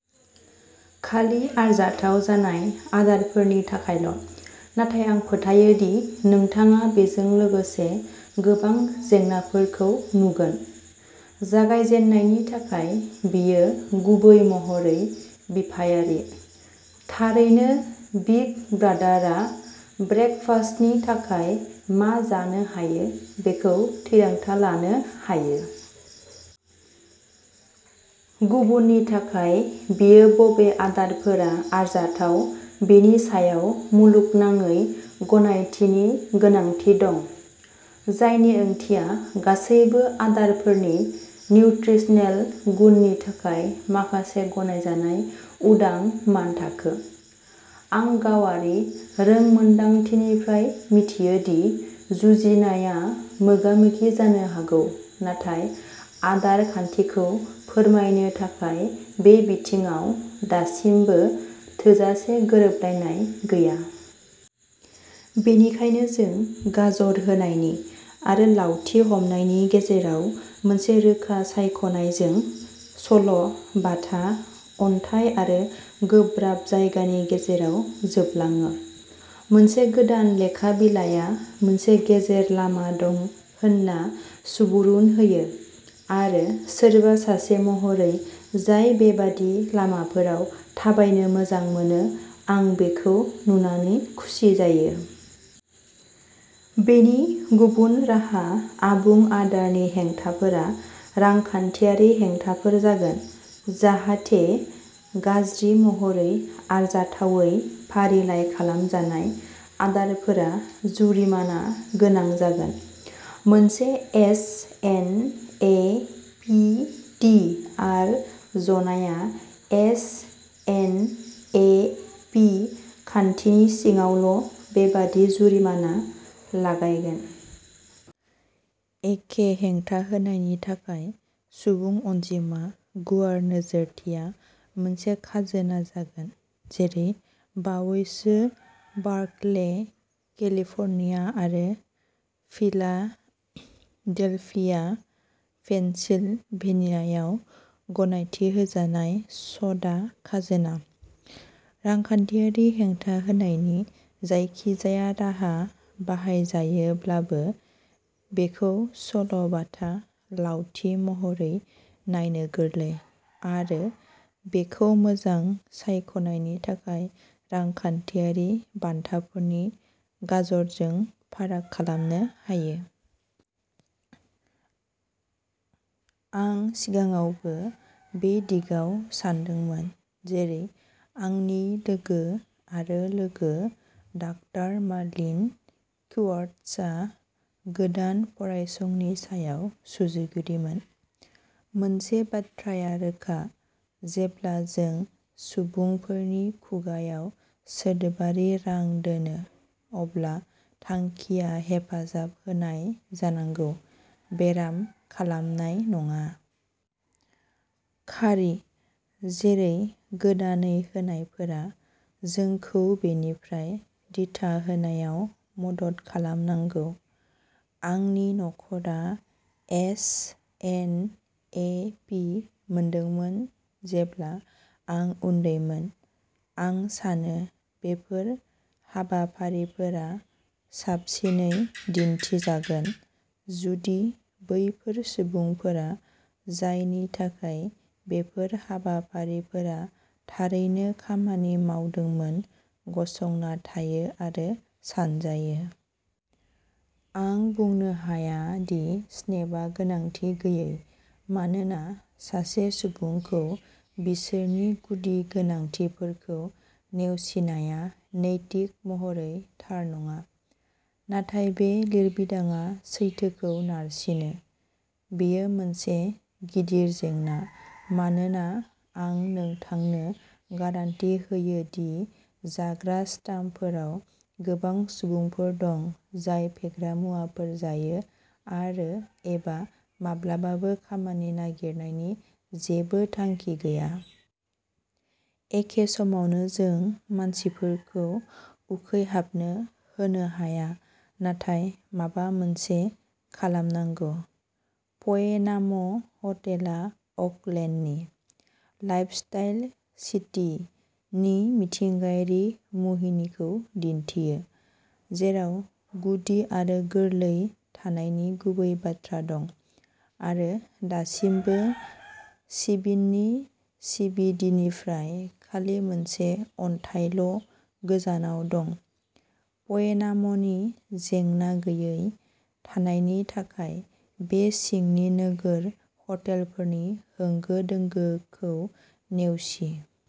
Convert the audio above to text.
खालि आरजाथाव जानाय आदारफोरनि थाखायल'। नाथाय आं फोथायो दि नोंथाङा बेजों लोगोसे गोबां जेंनाफोरखौ नुगोन। जागायजेननायनि थाखाय बेयो गुबै महरै बिफायारि। थारैनो बिग ब्रादारआ ब्रेकफास्टनि थाखाय मा जानो हायो बेखौ थिरांथा लानो हायो। गुबुननि थाखाय बेयो बबे आदारफोरा आरजाथाव बेनि सायाव मुलुगनाङै गनायथिनि गोनांथि दं, जायनि ओंथिया गासैबो आदारफोरनि निउट्रिसनेल गुननि थाखाय माखासे गनायजानाय उदां मानथाखो। आं गावारि रोंमोनदांथिनिफ्राय मिथियो दि जुजिनाया मोगामोगि जानो हागौ नाथाय आदार खान्थिखौ फोरमायनो थाखाय बे बिथिङाव दासिमबो थोजासे गोरोबलायनाय गैया। बेनिखायनो जों गाजर होनायनि, आरो लावथि हमनायनि गेजेराव मोनसे रोखा सायख'नायजों, सल'-बाथा अनथाइ आरो गोब्राब जायगानि गेजेराव जोबलाङो। मोनसे गोदान लेखा बिलाइआ मोनसे गेजेर लामा दं होनना सुबुरुन होयो, आरो सोरबा सासे महरै जाय बेबादि लामाफोराव थाबायनो मोजां मोनो आं बेखौ नुनानै खुसि जायो। बेनि गुबुन राहा आबुं आदारनि हेंथाफोरा रांखान्थियारि हेंथाफोर जागोन, जाहाथे' गाज्रि महरै आरजाथावै फारिलाइ खालामजानाय आदारफोरा जुरिमाना गोनां जागोन। मोनसे S N A P T R जनाया एस एन ए पि खान्थिनि सिङावल' बेबादि जुरिमाना लागायगोन। एखे हेंथा होनायनि थाखाय सुबुं अनजिमा गुवार नोजोरथिया मोनसे खाजोना जागोन जेरै बावैसो बार्कले, केलिफर्निया आरो फिलाडेल्फिया, पेनसिलभेनियायाव गनायथि होजानाय स'डा खाजोना। रांखान्थियारि हेंथा होनायनि जायखिजाया राहा बाहायजायोब्लाबो, बेखौ सल'-बाथा लावथि महरै नायनो गोरलै, आरो बेखौ मोजां सायख'नायनि थाखाय रांखान्थियारि बान्थाफोरनि गाजरजों फाराग खालामनो हायो। आं सिगाङावबो बे दिगाव सानदोंमोन, जेरै आंनि लोगो आरो लोगो, डाक्टार मार्लिन श्वार्ट्जआ, गोदान फरायसंनि सायाव सुजुगिरिमोन। मोनसे बाथ्राया रोखा। जेब्ला जों सुबुंफोरनि खुगाआव सोदोबारि रां दोनो, अब्ला थांखिया हेफाजाब होनाय जानांगौ, बेराम खालामनाय नङा। खारि, जेरै गोदानै होनायफोरा, जोंखौ बेनिफ्राय दिथा होनायाव मदद खालामनांगौ। आंनि नखरा एस एन ए पि मोनदोंमोन जेब्ला आं उन्दैमोन। आं सानो बेफोर हाबाफारिफोरा साबसिनै दिन्थिजागोन जुदि बैफोर सुबुंफोरा जायनि थाखाय बेफोर हाबाफारिफोरा थारैनो खामानि मावदोंमोन गसंना थायो आरो सानजायो। आं बुंनो हाया दि स्नेपआ गोनांथि गैयै, मानोना सासे सुबुंखौ बिसोरनि गुदि गोनांथिफोरखौ नेवसिनाया नैतिक महरै थार नङा। नाथाय बे लिरबिदांआ सैथोखौ नारसिनो। बेयो मोनसे गिदिर जेंना मानोना आं नोंथांनो गारान्टि होयो दि जाग्रा स्टाम्पफोराव गोबां सुबुंफोर दं जाय फेग्रा मुवाफोर जायो आरो एबा माब्लाबाबो खामानि नागिरनायनि जेबो थांखि गैया। एखे समावनो जों मानसिफोरखौ उखैहाबनो होनो हाया नाथाय माबा मोनसे खालामनांगौ। पयेनाम' हटेलआ अकलेन्डनि "लाइफस्टाइल सिटी" नि मिथिंगायारि मुहिनिखौ दिन्थियो, जेराव गुदि आरो गोरलै थानायनि गुबै बाथ्रा दं आरो दासिमबो सिबिननि सिबिडिनिफ्राय खालि मोनसे अन्थाइल'गोजानाव दं पयेनाम'नि जेंना गैयै थानायनि थाखाय बे सिंनि नोगोर हटेलफोरनि होंगो दोंगोखौ नेवसि।